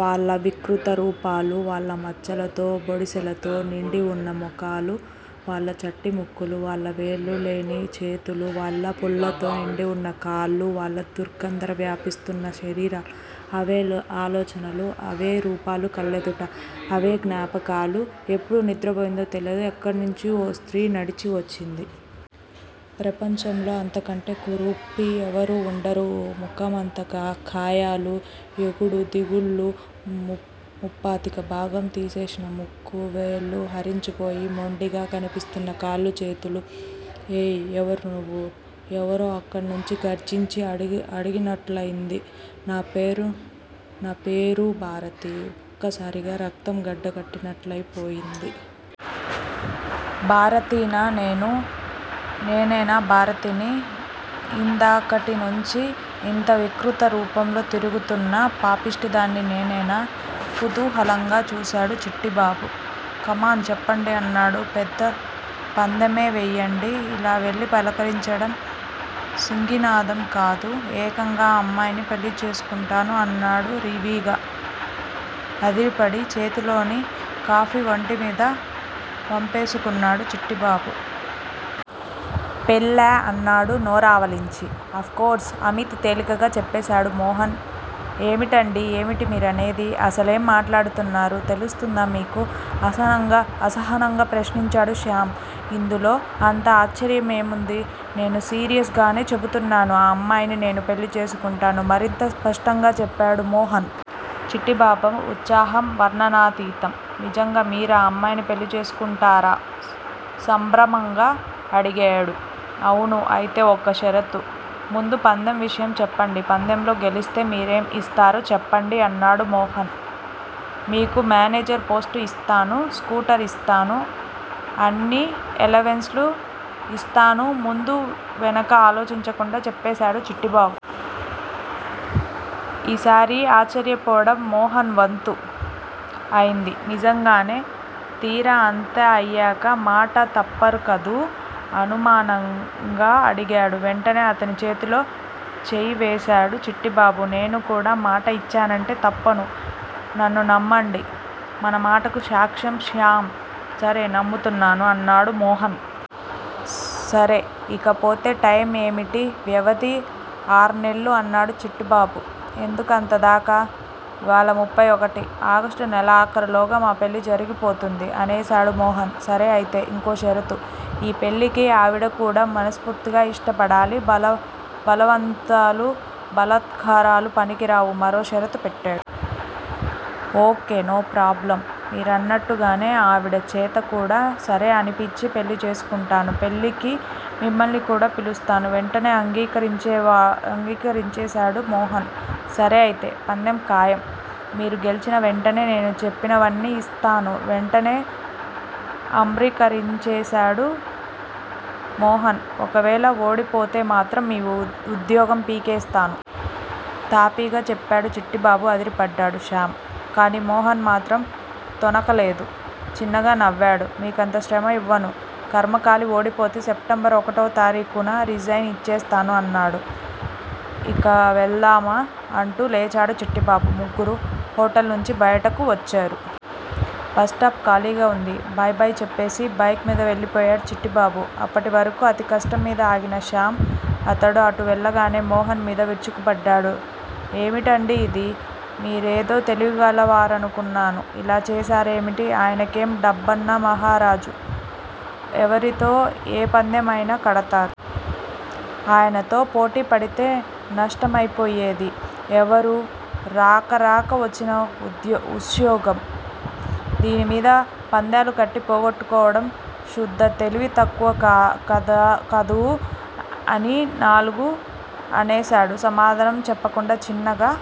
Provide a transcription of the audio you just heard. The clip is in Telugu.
వాళ్ళ వికృత రూపాలు వాళ్ళ మచ్చలతో, బొడిసెలతో నిండి వున్న మొహాలు, వాళ్ళ చట్టి ముక్కులు, వాళ్ళ వ్రేళ్ళు లేని చేతులు, వాళ్ళ పుళ్ళతో నిండివున్న కాళ్ళు, వాళ్ళ దుర్గంధం వ్యాపిస్తూన్న శరీరాలు! అవే ఆలోచనలు అవే రూపాలు కళ్ళెదుట అవే జ్ఞాపకాలు. ఎప్పుడు నిద్రపోయిందో తెలియదు ఎక్కడి నుంచో ఓ స్త్రీ నడిచి వస్తూంది. ప్రపంచంలో అంతకంటే కురూపి ఎవరూ ఉండరు. ముఖమంతా కాయలు ఎగుడు దిగుళ్ళు, ముప్పాతిక భాగం తినేసిన ముక్కు, వ్రేళ్ళు హరించిపోయి మొండిగా కనిపిస్తూన్న కాళ్ళూ, చేతులూ. ఏయ్, ఎవరు నువ్వు? ఎవరో ఎక్కడి నుంచో గర్జించి అడిగినట్లయింది. నా పేరు నా పేరూ భారతి. ఒక్కసారిగా రక్తం గడ్డకట్టినట్లయి పోయింది. భారతినా నేను? నేనేనా భారతిని? ఇందాకటినుంచీ ఇంత వికృతరూపంలో తిరుగుతూన్న పాపిష్టిదాన్ని నేనేనా? కుతూహలంగా చూసాడు చిట్టిబాబు. కమాన్ చెప్పండి అన్నాడు పెద్ద పందెమే వెయ్యండి. ఇలా వెళ్ళి పలకరించడం సింగినాదం కాదు. ఏకంగా ఆ అమ్మాయిని పెళ్ళిచేసుకుంటాను అన్నాడు రీవిగా. అదిరిపడి చేతిలోని కాఫీ వంటిమీద వంపేసుకున్నాడు చిట్టిబాబు. పెళ్ళా? అన్నాడు నోరావలించి. అఫ్ కోర్స్ అమిత్ తేలికగా చెప్పేసాడు మోహన్. ఏమిటండీ? ఏమిటి మీరనేది? అసలేం మాట్లాడుతున్నారు తెలుస్తుందా మీకు? అసహనంగా ప్రశ్నించాడు శ్యామ్. ఇందులో అంత ఆశ్చర్యం ఏముంది? నేను సీరియస్ గానే చెప్పుతున్నాను. ఆ అమ్మాయిని నేను పెళ్ళి చేసుకుంటాను. మరింత స్పష్టంగా చెప్పాడు మోహన్. చిట్టిబాబు ఉత్సాహం వర్ణనాతీతరం. నిజంగా మీరా అమ్మాయిని పెళ్ళి చేసుకుంటారా? సంభ్రమంగా అడిగాడు. అవును. అయితే ఒక్క షరతు. ముందు పందెం విషయం చెప్పండి పందెంలో గెలిస్తే మీరేం ఇస్తారో చెప్పండి అన్నాడు మోహన్. మీకు మేనేజర్ పోస్టు యిస్తాను. స్కూటర్ ఇస్తాను. అన్ని ఎలవెన్స్ లూ యిస్తాను ముందూ వెనకా ఆలోచించకుండా చెప్పేసాడు చిట్టిబాబు. ఈసారి ఆశ్చర్యపోవడం మోహన్ వంతు అయింది. నిజంగానే? తీరా అంతా అయ్యాక మాట తప్పరుకదూ! అనుమానంగా అడిగాడు. వెంటనే అతని చేతిలో చేయివేసాడు చిట్టిబాబు. నేను కూడ మాట ఇచ్చానంటే తప్పను. నన్ను నమ్మండి. మన మాటకు సాక్ష్యం శ్యామ్. సరే నమ్ముతున్నాను అన్నాడు మోహన్. సరే ఇకపోతే టైం ఏమిటి వ్యవధి ఆర్నెల్లు అన్నాడు చిట్టిబాబు. ఎందుకంతదాకా? ఇవ్వాళ ముఫై ఒకటి! ఆగస్ట్ నెలాఖరులోగ మా పెళ్ళి జరిగిపోతుంది అనేసాడు మోహన్. సరే అయితే ఇంకో షరతు. ఈ పెళ్ళికి ఆవిడ కూడా మనస్ఫూర్తిగా యిష్టపడాలి బలవంతాలూ, బాలాత్కారాలూ పనికిరావు మరో షరతు పెట్టాడు. ఓకే నో ప్రోబ్లమ్ మీరన్నట్లుగానే ఆవిడ చేత కూడ సరే అనిపించి పెళ్ళి చేసుకుంటాను. పెళ్ళికి మిమ్మల్ని కూడా పిలుస్తాను వెంటనే అంగీకరించేసాడు మోహన్. సరే అయితే. పందెం ఖాయం. మీరు గెల్చిన వెంటనే నేను చెప్పినవన్నీ యిస్తాను వెంటనే అమ్గీకరించేసాడు మోహన్. ఒకవేళ ఓడిపోతేమాత్రం మీ ఉద్యోగం పీకేస్తాను. తాపీగా చెప్పాడు చిట్టిబాబు అదిరిపడ్డాడు శ్యామ్. కానీ మోహన్ మాత్రం తొణక లేదు. చిన్నగా నవ్వాడు. మీకంత శ్రమ యివ్వను. ఖర్మకాలి ఓడిపోతే సెప్టెంబర్ ఒకటవ తారీకున రిజైన్ యిచ్చేస్తాను ఆన్నాడు. ఇక వెళ్దామా? అంటూ లేచాడు చిట్టిబాబు. ముగ్గురూ హొటల్ నుంచి బయటికి వచ్చారు. బస్టాప్ ఖాళీగా వుంది. బై బై చెప్పేసి బైక్ మీద వెళ్ళిపోయాడు చిట్టిబాబు. అప్పటివరకూ అతికష్టంమీద ఆగిన శ్యామ్ అతడు అటు వెళ్ళగానే మోహన్ మీద విరుచుకుపడ్డాడు. ఏమిటండీ ఇది? మీరేదో తెలివిగలవారనుకున్నాను. ఇలా చేసారేమిటి? ఆయనకేం డబ్బున్న మహారాజు. ఎవరితో ఏ పందెం అయినా కడతాడు. ఆయనతో పోటీ పడితే నష్టమైపోయేది ఎవరు? రాక రాక వచ్చిన ఉస్యోగం. దీనిమీద పందాలు కట్టి పోగొట్టుకోవడం శుద్ధ తెలివి తక్కువ కాదూ అని నాలుగూ అనేసాడు. సమాధానం చెప్పకుండా చిన్నగా